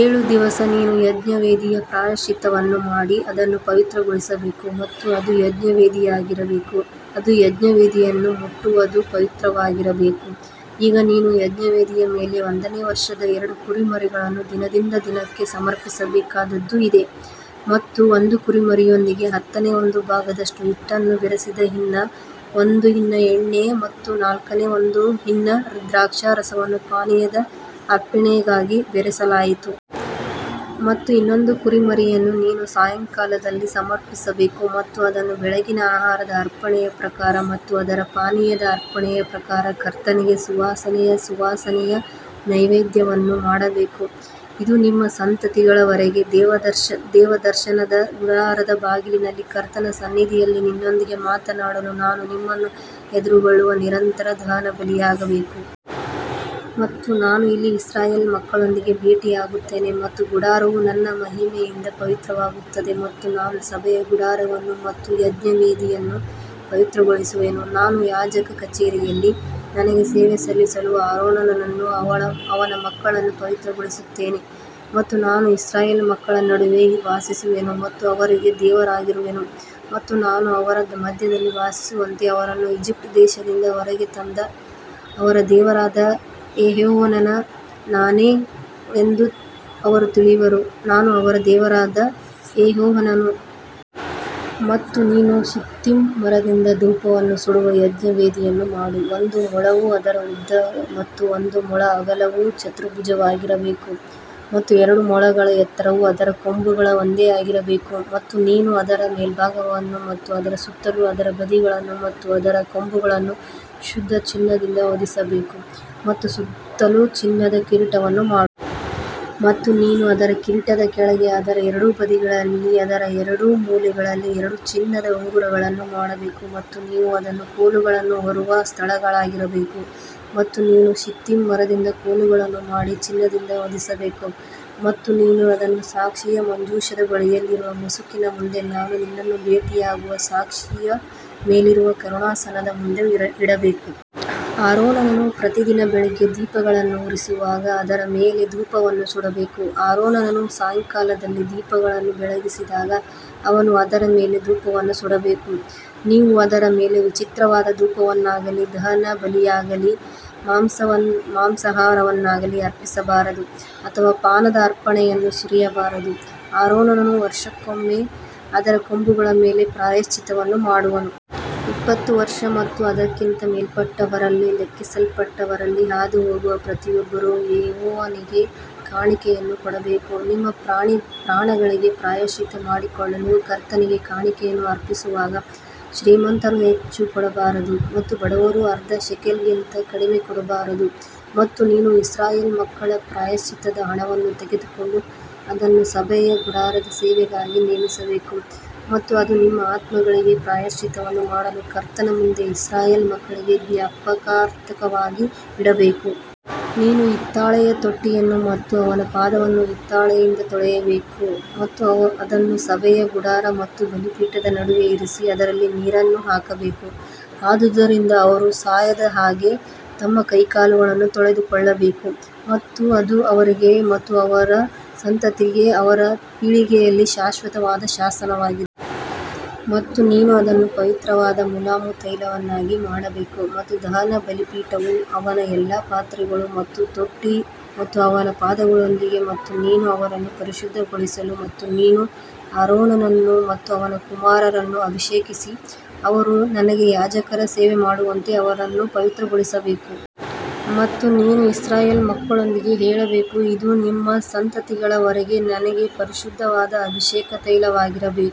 ಏಳು ದಿವಸ ನೀನು ಯಜ್ಞವೇದಿಯ ಪ್ರಾಯಶ್ಚಿತ್ತವನ್ನು ಮಾಡಿ ಅದನ್ನು ಪವಿತ್ರಗೊಳಿಸಬೇಕು ಮತ್ತು ಅದು ಯಜ್ಞವೇದಿಯಾಗಿರಬೇಕು ಅದು ಯಜ್ಞವೇದಿಯನ್ನು ಮುಟ್ಟುವದು ಪವಿತ್ರವಾಗಿರಬೇಕು. ಈಗ ನೀನು ಯಜ್ಞವೇದಿಯ ಮೇಲೆ ಒಂದನೇ ವರ್ಷದ ಎರಡು ಕುರಿಮರಿಗಳನ್ನು ದಿನದಿಂದ ದಿನಕ್ಕೆ ಸಮರ್ಪಿಸಬೇಕಾದದ್ದು ಇದೇ. ಮತ್ತು ಒಂದು ಕುರಿಮರಿಯೊಂದಿಗೆ ಹತ್ತನೆಯ ಒಂದು ಭಾಗದಷ್ಟು ಹಿಟ್ಟನ್ನು ಬೆರೆಸಿದ ಹಿನ್ನ ಒಂದು ಹಿನ್ನ ಎಣ್ಣೆ ಮತ್ತು ನಾಲ್ಕನೇ ಒಂದು ಹಿನ್ನ ದ್ರಾಕ್ಷಾರಸವನ್ನು ಪಾನೀಯದ ಅರ್ಪಣೆಗಾಗಿ ಬೆರೆಸಲಾಯಿತು. ಮತ್ತು ಇನ್ನೊಂದು ಕುರಿಮರಿಯನ್ನು ನೀನು ಸಾಯಂಕಾಲದಲ್ಲಿ ಅರ್ಪಿಸಬೇಕು ಮತ್ತು ಅದನ್ನು ಬೆಳಗಿನ ಆಹಾರದ ಅರ್ಪಣೆಯ ಪ್ರಕಾರ ಮತ್ತು ಅದರ ಪಾನೀಯದ ಅರ್ಪಣೆಯ ಪ್ರಕಾರ ಕರ್ತನಿಗೆ ಸುವಾಸನೆಯ ಸುವಾಸನೆಯ ನೈವೇದ್ಯವನ್ನು ಮಾಡಬೇಕು. ಇದು ನಿಮ್ಮ ಸಂತತಿಗಳ ವರೆಗೆ ದೇವದರ್ಶನದ ಗುಡಾರದ ಬಾಗಿಲಲ್ಲಿ ಕರ್ತನ ಸನ್ನಿಧಿಯಲ್ಲಿ ನಿನ್ನೊಂದಿಗೆ ಮಾತನಾಡಲು ನಾನು ನಿಮ್ಮನ್ನು ಎದುರುಗೊಳ್ಳುವ ನಿರಂತರ ದಹನಬಲಿಯಾಗಬೇಕು. ಮತ್ತು ಅಲ್ಲಿ ನಾನು ಇಸ್ರಾಯೇಲ್ ಮಕ್ಕಳೊಂದಿಗೆ ಭೇಟಿಯಾಗುತ್ತೇನೆ ಮತ್ತು ಗುಡಾರವು ನನ್ನ ಮಹಿಮೆಯಿಂದ ಪವಿತ್ರವಾಗುತ್ತದೆ ಮತ್ತು ನಾನು ಸಭೆಯ ಗುಡಾರವನ್ನು ಮತ್ತು ಯಜ್ಞವೇದಿಯನ್ನು ಪವಿತ್ರಗೊಳಿಸುವೆನು ನಾನು ಯಾಜಕ ಕಚೇರಿಯಲ್ಲಿ ನನಗೆ ಸೇವೆ ಸಲ್ಲಿಸಲು ಆರೋನನನ್ನೂ ಅವನ ಮಕ್ಕಳನ್ನೂ ಪವಿತ್ರಗೊಳಿಸುತ್ತೇನೆ. ಮತ್ತು ನಾನು ಇಸ್ರಾಯೇಲ್ ಮಕ್ಕಳ ನಡುವೆ ವಾಸಿಸುವೆನು ಮತ್ತು ಅವರಿಗೆ ದೇವರಾಗಿರುವೆನು ಮತ್ತು ನಾನು ಅವರ ಮಧ್ಯದಲ್ಲಿ ವಾಸಿಸುವಂತೆ ಅವರನ್ನು ಈಜಿಪ್ಟ್ ದೇಶದಿಂದ ಹೊರಗೆ ತಂದ ಅವರ ದೇವರಾದ ಯೆಹೋವನು ನಾನೇ ಎಂದು ಅವರು ತಿಳಿಯುವರು, ನಾನು ಅವರ ದೇವರಾದ ಯೆಹೋವನು. ಮತ್ತು ನೀನು ಶಿತ್ತಿಮ್ ಮರದಿಂದ ಧೂಪವನ್ನು ಸುಡುವ ಯಜ್ಞವೇದಿಯನ್ನು ಮಾಡು. ಒಂದು ಮೊಳವು ಅದರ ಉದ್ದ ಮತ್ತು ಒಂದು ಮೊಳ ಅಗಲವು ಚತುರ್ಭುಜವಾಗಿರಬೇಕು ಮತ್ತು ಎರಡು ಮೊಳಗಳ ಎತ್ತರವು ಅದರ ಕೊಂಬುಗಳು ಒಂದೇ ಆಗಿರಬೇಕು. ಮತ್ತು ನೀನು ಅದರ ಮೇಲ್ಭಾಗವನ್ನು ಮತ್ತು ಅದರ ಸುತ್ತಲೂ ಅದರ ಬದಿಗಳನ್ನು ಮತ್ತು ಅದರ ಕೊಂಬುಗಳನ್ನು ಶುದ್ಧ ಚಿನ್ನದಿಂದ ಹೊದಿಸಬೇಕು ಮತ್ತು ಸುತ್ತಲೂ ಚಿನ್ನದ ಕಿರೀಟವನ್ನು ಮಾಡು. ಮತ್ತು ನೀವು ಅದರ ಕಿರೀಟದ ಕೆಳಗೆ ಅದರ ಎರಡು ಬದಿಗಳಲ್ಲಿ ಅದರ ಎರಡು ಮೂಲೆಗಳಲ್ಲಿ ಎರಡು ಚಿನ್ನದ ಉಂಗುರಗಳನ್ನು ಮಾಡಬೇಕು ಮತ್ತು ನೀವು ಅದನ್ನು ಕೋಲುಗಳನ್ನು ಹೊರುವ ಸ್ಥಳಗಳಾಗಿರಬೇಕು. ಮತ್ತು ನೀನು ಶಿತ್ತಿಮ್ ಮರದಿಂದ ಕೋಲುಗಳನ್ನು ಮಾಡಿ ಚಿನ್ನದಿಂದ ಹೊದಿಸಬೇಕು ಮತ್ತು ನೀನು ಅದನ್ನು ಸಾಕ್ಷಿಯ ಮಂಜೂಷದ ಬಳಿಯಲ್ಲಿರುವ ಮುಸುಕಿನ ಮುಂದೆ ನಾನು ನಿನ್ನನ್ನು ಭೇಟಿಯಾಗುವ ಸಾಕ್ಷಿಯ ಮೇಲಿರುವ ಕರುಣಾಾಸನದ ಮುಂದೆ ಇಡಬೇಕು. ಆರೋನನು ಪ್ರತಿದಿನ ಬೆಳಿಗ್ಗೆ ದೀಪಗಳನ್ನು ಉರಿಸುವಾಗ ಅದರ ಮೇಲೆ ಧೂಪವನ್ನು ಸುಡಬೇಕು. ಆರೋನನು ಸಾಯಂಕಾಲದಲ್ಲಿ ದೀಪಗಳನ್ನು ಬೆಳಗಿಸಿದಾಗ ಅವನು ಅದರ ಮೇಲೆ ಧೂಪವನ್ನು ಸುಡಬೇಕು. ನೀವು ಅದರ ಮೇಲೆ ವಿಚಿತ್ರವಾದ ಧೂಪವನ್ನಾಗಲಿ ದಹನಬಲಿಯಾಗಲಿ ಮಾಂಸಾಹಾರವನ್ನಾಗಲಿ ಅರ್ಪಿಸಬಾರದು ಅಥವಾ ಪಾನದ ಅರ್ಪಣೆಯನ್ನು ಸುರಿಯಬಾರದು. ಆರೋನನು ವರುಷಕ್ಕೊಮ್ಮೆ ಅದರ ಕೊಂಬುಗಳ ಮೇಲೆ ಪ್ರಾಯಶ್ಚಿತ್ತವನ್ನು ಮಾಡುವನು. ಇಪ್ಪತ್ತು ವರ್ಷ ಮತ್ತು ಅದಕ್ಕಿಂತ ಮೇಲ್ಪಟ್ಟವರಲ್ಲಿ ಲೆಕ್ಕಿಸಲ್ಪಟ್ಟವರಲ್ಲಿ ಹಾದುಹೋಗುವ ಪ್ರತಿಯೊಬ್ಬನು ಯೆಹೋವನಿಗೆ ಕಾಣಿಕೆಯನ್ನು ಕೊಡಬೇಕು. ನಿಮ್ಮ ಪ್ರಾಣಗಳಿಗೆ ಪ್ರಾಯಶ್ಚಿತ್ತ ಮಾಡಿಕೊಳ್ಳಲು ಕರ್ತನಿಗೆ ಕಾಣಿಕೆಯನ್ನು ಅರ್ಪಿಸುವಾಗ ಶ್ರೀಮಂತರು ಹೆಚ್ಚು ಕೊಡಬಾರದು ಮತ್ತು ಬಡವರು ಅರ್ಧ ಶೇಕೆಲ್ಗಿಂತ ಕಡಿಮೆ ಕೊಡಬಾರದು. ಮತ್ತು ನೀನು ಇಸ್ರಾಯೇಲ್ ಮಕ್ಕಳ ಪ್ರಾಯಶ್ಚಿತ್ತದ ಹಣವನ್ನು ತೆಗೆದುಕೊಂಡು ಅದನ್ನು ಸಭೆಯ ಗುಡಾರದ ಸೇವೆಗಾಗಿ ನೇಮಿಸಬೇಕು ಮತ್ತು ಅದು ನಿಮ್ಮ ಆತ್ಮಗಳಿಗೆ ಪ್ರಾಯಶ್ಚಿತ್ತವನ್ನು ಮಾಡಲು ಕರ್ತನ ಮುಂದೆ ಇಸ್ರಾಯೇಲ್ ಮಕ್ಕಳಿಗೆ ಜ್ಞಾಪಕಾರ್ಥವಾಗಿ ಇಡಬೇಕು. ನೀನು ಹಿತ್ತಾಳೆಯ ತೊಟ್ಟಿಯನ್ನು ಮತ್ತು ಅವನ ಪಾದವನ್ನು ಹಿತ್ತಾಳೆಯಿಂದ ತೊಳೆಯಬೇಕು ಮತ್ತು ಅದನ್ನು ಸಭೆಯ ಗುಡಾರ ಮತ್ತು ಬಲಿಪೀಠದ ನಡುವೆ ಇರಿಸಿ ಅದರಲ್ಲಿ ನೀರನ್ನು ಹಾಕಬೇಕು. ಆದುದರಿಂದ ಅವರು ಸಾಯದ ಹಾಗೆ ತಮ್ಮ ಕೈಕಾಲುಗಳನ್ನು ತೊಳೆದುಕೊಳ್ಳಬೇಕು ಮತ್ತು ಅದು ಅವರಿಗೆ ಮತ್ತು ಅವರ ಸಂತತಿಗೆ ಅವರ ಪೀಳಿಗೆಯಲ್ಲಿ ಶಾಶ್ವತವಾದ ಶಾಸನವಾಗಿದೆ. ಮತ್ತು ನೀನು ಅದನ್ನು ಪವಿತ್ರವಾದ ಮುಲಾಮು ತೈಲವನ್ನಾಗಿ ಮಾಡಬೇಕು ಮತ್ತು ದಹನ ಬಲಿಪೀಠವು ಅವನ ಎಲ್ಲಾ ಪಾತ್ರೆಗಳು ಮತ್ತು ತೊಟ್ಟಿ ಮತ್ತು ಅವನ ಪಾದಗಳೊಂದಿಗೆ ಮತ್ತು ನೀನು ಅವರನ್ನು ಪರಿಶುದ್ಧಗೊಳಿಸು ಮತ್ತು ನೀನು ಆರೋನನನ್ನೂ ಅವನ ಕುಮಾರರನ್ನೂ ಅಭಿಷೇಕಿಸಿ ಅವರು ನನಗೆ ಯಾಜಕರ ಸೇವೆಮಾಡುವಂತೆ ಅವರನ್ನು ಪವಿತ್ರಗೊಳಿಸಬೇಕು. ಮತ್ತು ನೀನು ಇಸ್ರಾಯೇಲ್ ಮಕ್ಕಳೊಂದಿಗೆ ಹೇಳಬೇಕು ಇದು ನಿಮ್ಮ ಸಂತತಿಗಳ ವರೆಗೆ ನನಗೆ ಪರಿಶುದ್ಧವಾದ ಅಭಿಷೇಕ ತೈಲವಾಗಿರಬೇಕು.